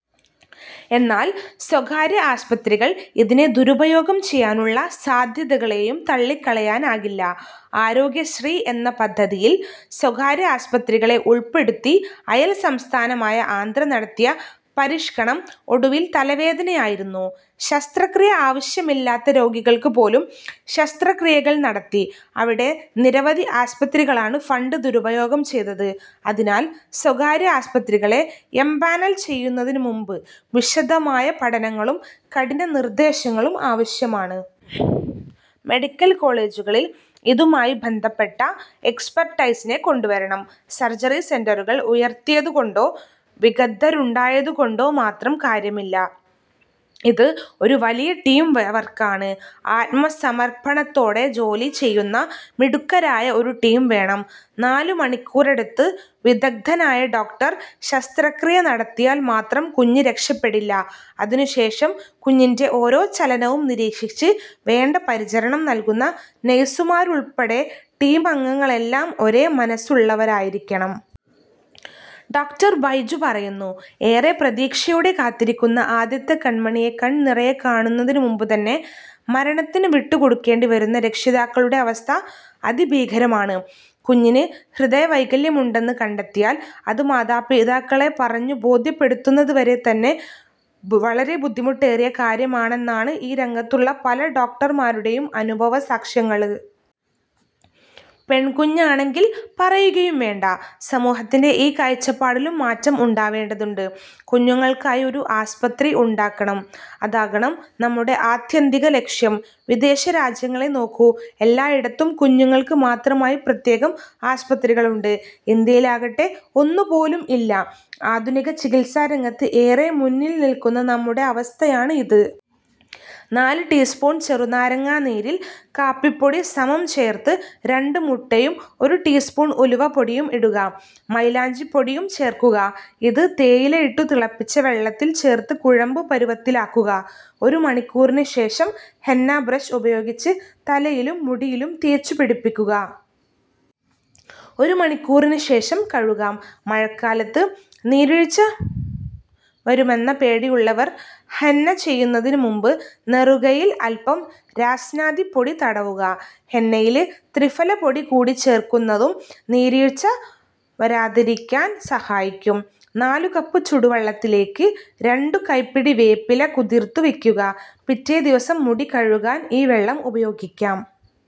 എന്നാല് സ്വകാര്യ ആസ്പത്രികള് ഇതിനെ ദുരുപയോഗം ചെയ്യാനുള്ള സാധ്യതകളെയും തള്ളിക്കളയാനാകില്ല. ആരോഗ്യശ്രീ എന്ന പദ്ധതിയില് സ്വകാര്യ ആസ്പത്രികളെ ഉള്പ്പെടുത്തി അയല്സംസ്ഥാനമായ ആന്ധ്ര നടത്തിയ പരിഷ്ക്കണം ഒടുവില് തലവേദനയായിരുന്നു. ശസ്ത്രക്രിയ ആവശ്യമില്ലാത്ത രോഗികള്ക്ക് പോലും ശസ്ത്രക്രിയകള് നടത്തി അവിടെ നിരവധി ആസ്പത്രികളാണ് ഫണ്ട് ദുരുപയോഗം ചെയ്തത്. അതിനാല് സ്വകാര്യ ആസ്പത്രികളെ എംപാനല് ചെയ്യുന്നതിന് മുമ്പ് വിശദമായ പഠനങ്ങളും കഠിന നിര്ദേശങ്ങളും ആവശ്യമാണ്. 'മെഡിക്കല് കോളേജുകളില് ഇതുമായി ബന്ധപ്പെട്ട എക്സ്പെര്ട്ടൈസിനെ കൊണ്ടുവരണം. സര്ജറി സെന്ററുകള് ഉയര്ത്തിയതുകൊണ്ടോ വിഗദ്ധരുണ്ടായതുകൊണ്ടോ മാത്രം കാര്യമില്ല. ഇത് ഒരു വലിയ ടീം വര്ക്കാണ്. ആത്മസമര്പ്പണത്തോടെ ജോലി ചെയ്യുന്ന മിടുക്കരായ ഒരു ടീം വേണം. നാലുമണിക്കൂറെടുത്ത് വിദഗ്ധനായ ഡോക്ടര് ശസ്ത്രക്രിയ നടത്തിയാല് മാത്രം കുഞ്ഞ് രക്ഷപ്പെടില്ല. അതിനുശേഷം കുഞ്ഞിന്റെ ഓരോ ചലനവും നിരീക്ഷിച്ച് വേണ്ട പരിചരണം നല്കുന്ന നഴ്സുമാരുള്പ്പടെ ടീമംഗങ്ങളെല്ലാം ഒരേ മനസ്സുള്ളവരായിരിക്കണം. ' ഡോ. ബൈജു പറയുന്നു. ഏറെ പ്രതീക്ഷയോടെ കാത്തിരിക്കുന്ന ആദ്യത്തെ കണ്മണിയെ കണ്നിറയെ കാണുന്നതിന് മുമ്പുതന്നെ മരണത്തിന് വിട്ടുകൊടുക്കേണ്ടി വരുന്ന രക്ഷിതാക്കളുടെ അവസ്ഥ അതിഭീകരമാണ്. കുഞ്ഞിന് ഹൃദയവൈകല്യമുണ്ടെന്ന് കണ്ടെത്തിയാല് അത് മാതാപിതാക്കളെ പറഞ്ഞു ബോധ്യപ്പെടുത്തുന്നത് തന്നെ വളരെ ബുദ്ധിമുട്ടേറിയ കാര്യമാണെന്നാണ് ഈ രംഗത്തുള്ള പല ഡോക്ടര്മാരുടെയും അനുഭവസാക്ഷ്യങ്ങള്. പെണ്കുഞ്ഞാണെങ്കില് പറയുകയും വേണ്ട. സമൂഹത്തിന്റെ ഈ കാഴ്ചപ്പാടിലും മാറ്റം ഉണ്ടാവേണ്ടതുണ്ട്. 'കുഞ്ഞുങ്ങള്ക്കായി ഒരു ആസ്പത്രി ഉണ്ടാകണം. അതാകണം നമ്മുടെ ആത്യന്തിക ലക്ഷ്യം. വിദേശരാജ്യങ്ങളെ നോക്കൂ. എല്ലായിടത്തും കുഞ്ഞുങ്ങള്ക്ക് മാത്രമായി പ്രത്യേകം ആസ്പത്രികളുണ്ട്. ഇന്ത്യയിലാകട്ടെ ഒന്നുപോലും ഇല്ല. ആധുനിക ചികിത്സാരംഗത്ത് ഏറെ മുന്നില് നില്ക്കുന്ന നമ്മുടെ അവസ്ഥയാണ് ഇത്. നാല് ടീസ്പൂണ് ചെറുനാരങ്ങാ നീരില് കാപ്പിപ്പൊടി സമം ചേര്ത്ത് രണ്ട് മുട്ടയും ഒരു ടീസ്പൂണ് ഉലുവപ്പൊടിയും ഇടുക. മൈലാഞ്ചിപ്പൊടിയും ചേര്ക്കുക. ഇത് തേയില ഇട്ടു തിളപ്പിച്ച വെള്ളത്തില് ചേര്ത്ത് കുഴമ്പ് പരുവത്തിലാക്കുക. ഒരു മണിക്കൂറിനു ശേഷം ഹെന്ന ബ്രഷ് ഉപയോഗിച്ച് തലയിലും മുടിയിലും തേച്ചു പിടിപ്പിക്കുക. ഒരു മണിക്കൂറിനുശേഷം കഴുകാം. മഴക്കാലത്ത് നീര്വീഴ്ച വരുമെന്ന പേടിയുള്ളവര് ഹെന്ന ചെയ്യുന്നതിനു മുമ്പ് നെറുകയില് അല്പം രാസ്നാദിപ്പൊടി തടവുക. ഹെന്നയില് ത്രിഫലപ്പൊടി കൂടി ചേര്ക്കുന്നതും നീര്വീഴ്ച വരാതിരിക്കാന് സഹായിക്കും. നാലു കപ്പ് ചൂടുവെള്ളത്തിലേക്ക് രണ്ടു കൈപ്പിടി വേപ്പില കുതിര്ത്തു വയ്ക്കുക. പിറ്റേ ദിവസം മുടി കഴുകാന് ഈ വെള്ളം ഉപയോഗിക്കാം.